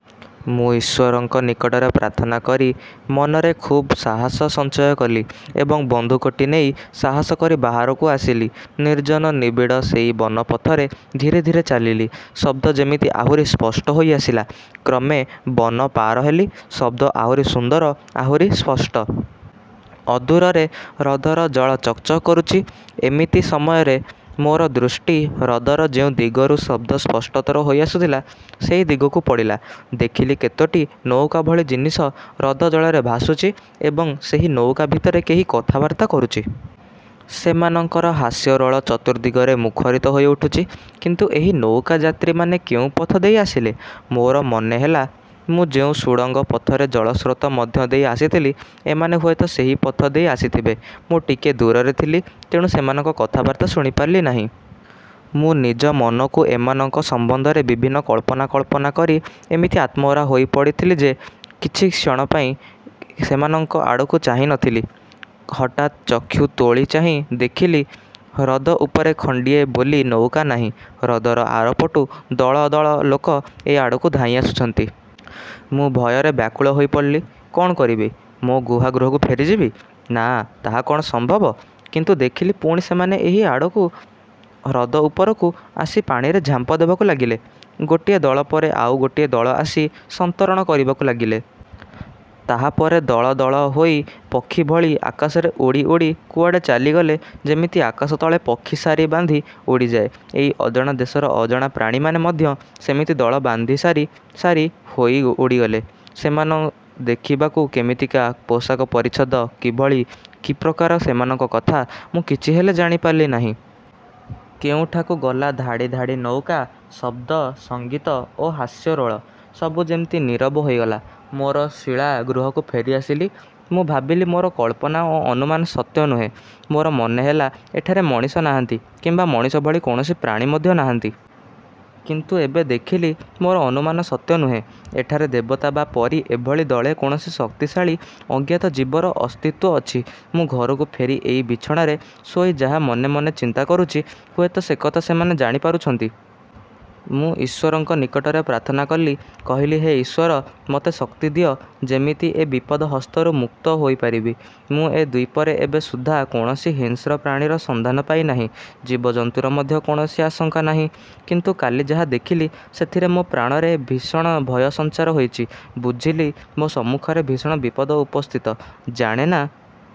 ମୁଁ ଈଶ୍ୱରଙ୍କ ନିକଟରେ ପ୍ରାର୍ଥନା କରି ମନରେ ଖୁବ୍ ସାହସ ସଞ୍ଚୟ କଲି ଏବଂ ବନ୍ଧୁକଟି ନେଇ ସାହସ କରି ବାହାରକୁ ଆସିଲି। ନିର୍ଜନ ନିବିଡ଼ ସେଇ ବନ ପଥରେ ଧୀରେ ଧୀରେ ଚାଲିଲି। ଶବ୍ଦ ଯେମିତି ଆହୁରି ସ୍ପଷ୍ଟ ହୋଇଆସିଲା। କ୍ରମେ ବନ ପାର ହେଲି, ଶବ୍ଦ ଆହୁରି ସୁନ୍ଦର, ଆହୁରି ସ୍ପଷ୍ଟ। ଅଦୂରରେ ହ୍ରଦର ଜଳ ଚକ୍ଚକ୍ କରୁଛି। ଏମିତି ସମୟରେ ମୋର ଦୃଷ୍ଟି ହ୍ରଦର ଯେଉଁ ଦିଗରୁ ଶବ୍ଦ ସ୍ପଷ୍ଟତର ହୋଇ ଆସୁଥିଲା, ସେଇ ଦିଗକୁ ପଡ଼ିଲା। ଦେଖିଲି କେତୋଟି ନୌକାଭଳି ଜିନିଷ ହ୍ରଦ ଜଳରେ ଭାସୁଛି ଏବଂ ସେହି ନୌକା ଭିତରେ କେହି କଥାବାର୍ତ୍ତା କରୁଛି। ସେମାନଙ୍କର ହାସ୍ୟରୋଳ ଚତୁର୍ଦ୍ଦିଗରେ ମୁଖରିତ ହୋଇ ଉଠୁଛି। କିନ୍ତୁ ଏହି ନୌକା-ଯାତ୍ରୀମାନେ କେଉଁ ପଥ ଦେଇ ଆସିଲେ? ମୋର ମନେହେଲା, ମୁଁ ଯେଉଁ ସୁଡ଼ଙ୍ଗ ପଥରେ ଜଳସ୍ରୋତ ମଧ୍ୟ ଦେଇ ଆସିଥିଲି, ଏମାନେ ହୁଏତ ସେହି ପଥ ଦେଇ ଆସିଥିବେ। ମୁଁ ଟିକିଏ ଦୂରରେ ଥିଲି, ତେଣୁ ସେମାନଙ୍କର କଥାବାର୍ତ୍ତା ଶୁଣିପାରିଲି ନାହିଁ। ମୁଁ ନିଜ ମନକୁ ଏମାନଙ୍କ ସମ୍ବନ୍ଧରେ ବିଭିନ୍ନ କଳ୍ପନା ଜଳ୍ପନା କରି ଏମିତି ଆତ୍ମହରା ହୋଇପଡ଼ିଥିଲି ଯେ କିଛି କ୍ଷଣପାଇଁ ସେମାନଙ୍କ ଆଡ଼କୁ ଚାହିଁ ନ ଥିଲି। ହଠାତ୍ ଚକ୍ଷୁ ତୋଳି ଚାହିଁ ଦେଖିଲି ହ୍ରଦ ଉପରେ ଖଣ୍ଡିଏ ବୋଲି ନୌକା ନାହିଁ। ହ୍ରଦର ଆରପଟୁ ଦଳ ଦଳ ଲୋକ ଏ ଆଡ଼କୁ ଧାଇଁ ଆସୁଛନ୍ତି। ମୁଁ ଭୟରେ ବ୍ୟାକୁଳ ହୋଇପଡ଼ିଲି। କ'ଣ କରିବି? ମୋ ଗୁହା-ଗୃହକୁ ଫେରିଯିବି? ନା, ତାହା କ'ଣ ସମ୍ଭବ? କିନ୍ତୁ ଦେଖିଲି, ପୁଣି ସେମାନେ ଏହି ଆଡ଼କୁ ହ୍ରଦ ଉପରକୁ ଆସି ପାଣିରେ ଝାମ୍ପ ଦେବାକୁ ଲାଗିଲେ। ଗୋଟିଏ ଦଳ ପରେ ଆଉ ଗୋଟିଏ ଦଳ ଆସି ସନ୍ତରଣ କରିବାକୁ ଲାଗିଲେ। ତାହାପରେ ଦଳ ଦଳ ହୋଇ ପକ୍ଷୀ ଭଳି ଆକାଶରେ ଉଡ଼ି ଉଡ଼ି କୁଆଡ଼େ ଚାଲିଗଲେ। ଯେମିତି ଆକାଶ ତଳେ ପକ୍ଷୀ ସାରି ବାନ୍ଧି ଉଡ଼ିଯାଏ, ଏଇ ଅଜଣା ଦେଶର ଅଜଣା ପ୍ରାଣୀମାନେ ମଧ୍ୟ ସେମିତି ଦଳ ବାନ୍ଧି ସାରି ସାରି ହୋଇ ଉଡ଼ିଗଲେ। ସେମାନେ ଦେଖିବାକୁ କେମିତିକା, ପୋଷାକ ପରିଚ୍ଛଦ କିଭଳି, କି ପ୍ରକାର ସେମାନଙ୍କ କଥା, ମୁଁ କିଛିହେଲେ ଜାଣିପାରିଲି ନାହିଁ। କେଉଁଠାକୁ ଗଲା ଧାଡ଼ି ଧାଡ଼ି ନୌକା, ଶବ୍ଦ, ସଙ୍ଗୀତ ଓ ହାସ୍ୟରୋଳ, ସବୁ ଯେମିତି ନୀରବ ହୋଇଗଲା। ମୋର ଶିଳା ଗୃହକୁ ଫେରିଆସିଲି। ମୁଁ ଭାବିଲି, ମୋର କଳ୍ପନା ଓ ଅନୁମାନ ସତ୍ୟ ନୁହେଁ। ମୋର ମନେହେଲା ଏଠାରେ ମଣିଷ ନାହାନ୍ତି କିମ୍ବା ମଣିଷଭଳି କୌଣସି ପ୍ରାଣୀ ମଧ୍ୟ ନାହାନ୍ତି। କିନ୍ତୁ ଏବେ ଦେଖିଲି, ମୋର ଅନୁମାନ ସତ୍ୟ ନୁହେଁ। ଏଠାରେ ଦେବତା ବା ପରୀ ଏଭଳି ଦଳେ କୌଣସି ଶକ୍ତିଶାଳୀ ଅଜ୍ଞାତ ଜୀବର ଅସ୍ତିତ୍ୱ ଅଛି। ମୁଁ ଘରକୁ ଫେରି ଏଇ ବିଛଣାରେ ଶୋଇ ଯାହା ମନେ ମନେ ଚିନ୍ତା କରୁଛି, ହୁଏତ ସେକଥା ସେମାନେ ଜାଣିପାରୁଛନ୍ତି। ମୁଁ ଈଶ୍ୱରଙ୍କ ନିକଟରେ ପ୍ରାର୍ଥନା କଲି, କହିଲି-ହେ ଈଶ୍ୱର! ମୋତେ ଶକ୍ତି ଦିଅ ଯେମିତି ଏ ବିପଦ ହସ୍ତରୁ ମୁକ୍ତ ହୋଇପାରିବି। ମୁଁ ଏ ଦ୍ୱୀପରେ ଏବେ ସୁଦ୍ଧା କୌଣସି ହିଂସ୍ର ପ୍ରାଣୀର ସନ୍ଧାନ ପାଇନାହିଁ, ଜୀବଜନ୍ତୁର ମଧ୍ୟ କୌଣସି ଆଶଙ୍କା ନାହିଁ। କିନ୍ତୁ କାଲି ଯାହା ଦେଖିଲି, ସେଥିରେ ମୋ ପ୍ରାଣରେ ଭୀଷଣ ଭୟ ସଞ୍ଚାର ହୋଇଛି। ବୁଝିଲି ମୋ ସମ୍ମୁଖରେ ଭୀଷଣ ବିପଦ ଉପସ୍ଥିତ। ଜାଣେନା,